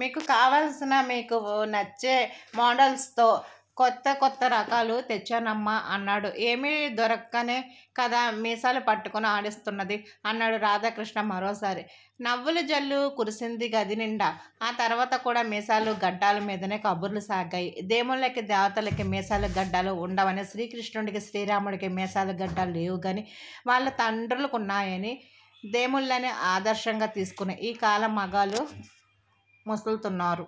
మీకు కావలసిన మీకు నచ్చే మోడల్సుతో కొత్త కొత్త రకాలు తెచ్చానమ్మా! అన్నాడు. ఏమి దొరక్కనే కదా మీసాలు పట్టుకు ఆడిస్తున్నది? అన్నాడు రాధాకృష్ణ మరోసారి. నవ్వుల జల్లు కురిసింది గది నిండా. ఆ తర్వాత కూడా మీసాలు గడ్డాలు మీదనే కబుర్లు సాగాయి. దేముళ్ళకి దేవతలకి మీసాలు గడ్డాలు వుండవని శ్రీకృష్ణుడికి, శ్రీరాముడికి మీసాలు గడ్డాలు లేవుగాని వాళ్ళ తండ్రులకున్నాయని దేముళ్ళని ఆదర్శంగా తీసుకునే ఈ కాలం మగాళ్ళు ముసులుతున్నారు.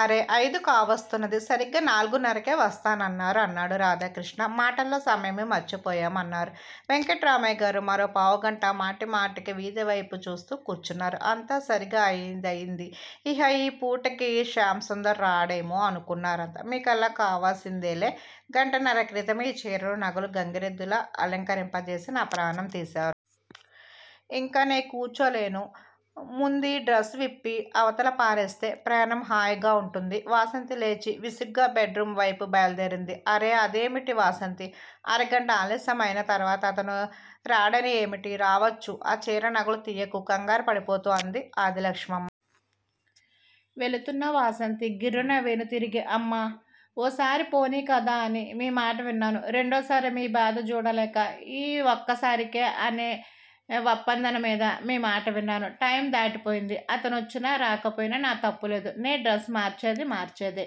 అరె అయిదు కావస్తున్నది. సరీగా నాలుగున్నరకే వస్తానన్నారు. అన్నాడు రాధాకృష్ణ. మాటల్లో సమయమే మర్చిపోయాము అన్నారు వెంకట్రామయ్యగారు. మరో పావు గంట మాటి మాటికి వీధి వైపు జూస్తూ కూర్చున్నారు. అంతా సరీగ అయిదయింది. ఇహ ఈ పూటకి శ్యామ్ సుందర్ రాడేమో? అనుకున్నారంతా. మీకలా కావసిందేలే, గంటన్నర క్రితమే ఈ చీరలు నగలు గంగిరెద్దులా అలంకరింపజేసి నా ప్రాణం తీశారు. ఇంక నేకూర్చోలేను. ముందీ డ్రస్ విప్పి అవతల పారేస్తే ప్రాణం హాయిగా వుంటుంది. వాసంతి లేచి విసుగ్గా బెడ్ రూమ్ వైపు బయలుదేరింది. అరె అదేమిటే వాసంతీ? అరగంట ఆలస్యం అయిన తర్వాత అతను రాడని ఏమిటి? రావచ్చు ఆ చీర నగలు తియ్యకు కంగారు పడిపోతూ అంది ఆదిలక్ష్మమ్మ. వెళుతున్న వాసంతి గిర్రున వెనుతిరిగి అమ్మా ఓసారి పోనీ కదా అని మీ మాట విన్నాను. రెండోసారి మీ బాధ జూడలేక ఈ వక్కసారికే అనే వప్పందంమీద మీ మాట విన్నాను. టైమ్ దాటిపోయింది. అతనొచ్చినా రాకపోయినా నా తప్పులేదు. నే డ్రస్ మార్చేది మార్చేదే.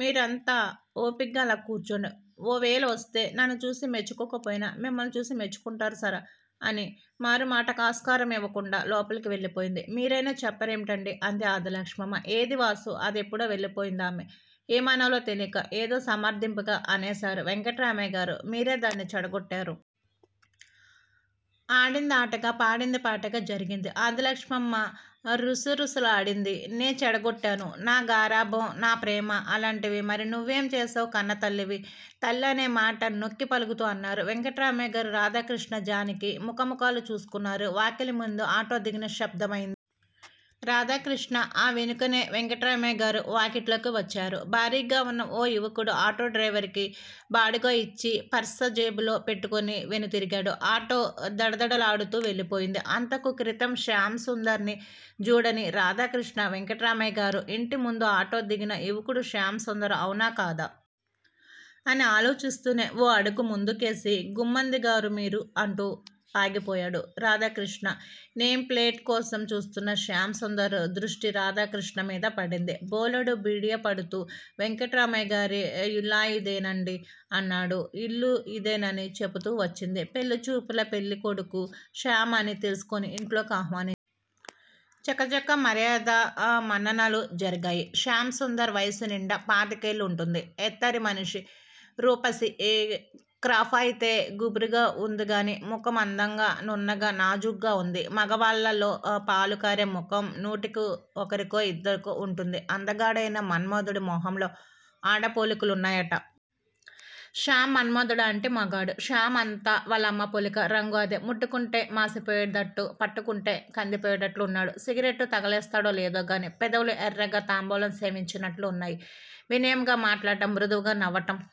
మీరంతా ఓపిగ్గా అలా కూర్చోండి ఓవేళ వస్తే నన్ను చూసి మెచ్చుకోకపోయినా మిమ్మల్ని చూసి మెచ్చుకుంటారు సరా! అని మారు మాటకాస్కారం యివ్వకుండా లోపలికెళ్ళిపోయింది. మీరయినా చెప్పరేమిటండి? అంది ఆదిలక్ష్మమ్మ. ఏది వాసు? అదెప్పుడో వెళ్లిపోయిందామె? ఏమనాలో తెలియక ఏదో సమర్ధింపుగా అనేశారు వెంకట్రామయ్యగారు. మీరే దాన్ని చెడగొట్టారు. ఆడింది ఆటగా పాడింది పాటగా జరిగింది ఆదిలక్ష్మమ్మ రుసరుసలాడింది. నే చెడగొట్టాను. నా గారాభం నాప్రేమ అలాంటివి. మరి నువ్వేం చేశావ్, కన్నతల్లివి? తల్లి అనేమాట నొక్కి పలుకుతూ అన్నారు వెంకట్రామయ్య గారు. రాధాకృష్ణ, జానకి ముఖ ముఖాలు చూసుకున్నారు. వాకిలి ముందు ఆటో ధిగిన శబ్దమయింది. రాధాకృష్ణ ఆ వెనుకనే వెంకట్రామయ్య గారు వాకిట్లోకి వచ్చారు. భారీగా వున్న ఓ యువకుడు. ఆటో డ్రైవర్ కి బాడుగ యిచ్చి పర్స జేబులో పెట్టుకుని వెనుతిరిగాడు. ఆటో దడదడలాడుతూ వెళ్ళిపోయింది. అంతకు క్రితం శ్యామ్ సుందర్ ని జూడని రాధాకృష్ణ వెంకట్రామయ్య గారు, ఇంటి ముందు ఆటో దిగిన యువకుడు శ్యామ్ సుందర్ అవునా కాదా! అని ఆలోచిస్తూనే ఓ అడుగు ముందుకేసి గుమ్మంది గారు. మీరు! అంటూ ఆగిపోయాడు రాధాకృష్ణ. నేమ్ ప్లేట్ కోసం చూస్తున్న శ్యామ్ సుందర్ దృష్టి రాధాకృష్ణ మీద పడింది. బోలెడు బిడియపడుతూ వెంకట్రామయ్యగారి యిల్లుయిదేనాండి! అన్నాడు. ఇల్లు యిదేనని చెపుతు వచ్చింది. పెళ్లిచూపుల పెళ్ళికొడుకు శ్యామ్ అని తెల్సుకుని ఇంట్లోకి ఆహ్వానించారు. చకచక మర్యాద మన్ననలు జరిగాయి. శ్యామ్ సుందర్ వయసు నిండా పాతికేళ్ళు వుంటుంది. ఎత్తరి మనిషి, రూపశి, క్రాఫయితే గుబురుగా వుందిగాని ముఖం అందంగా నున్నగా నాజూగ్గా వుంది. మగవాళ్ళల్లో పాలుకారే ముఖం నూటికి ఒకరికో యిద్దరికో వుంటుంది. అందగాడయిన మన్మధుడి మొహంలో ఆడ పోలికలున్నాయట. శ్యామ్ మన్మధుడిలాంటి మగాడు. శ్యామ్ అంతా వాళ్ళ అమ్మ పోలిక. రంగూ అదే. ముట్టుకుంటే మాశి పోయేటట్లు పట్టుకుంటే కందిపోయేటట్లు వున్నాడు. సిగరెట్లు తగలేస్తాడో లేదోగాని పెదవులు ఎర్రగా తాంబూలం సేవించినట్లు వున్నాయి. వినయంగా మాట్లాడటం మృదువుగా నవ్వటం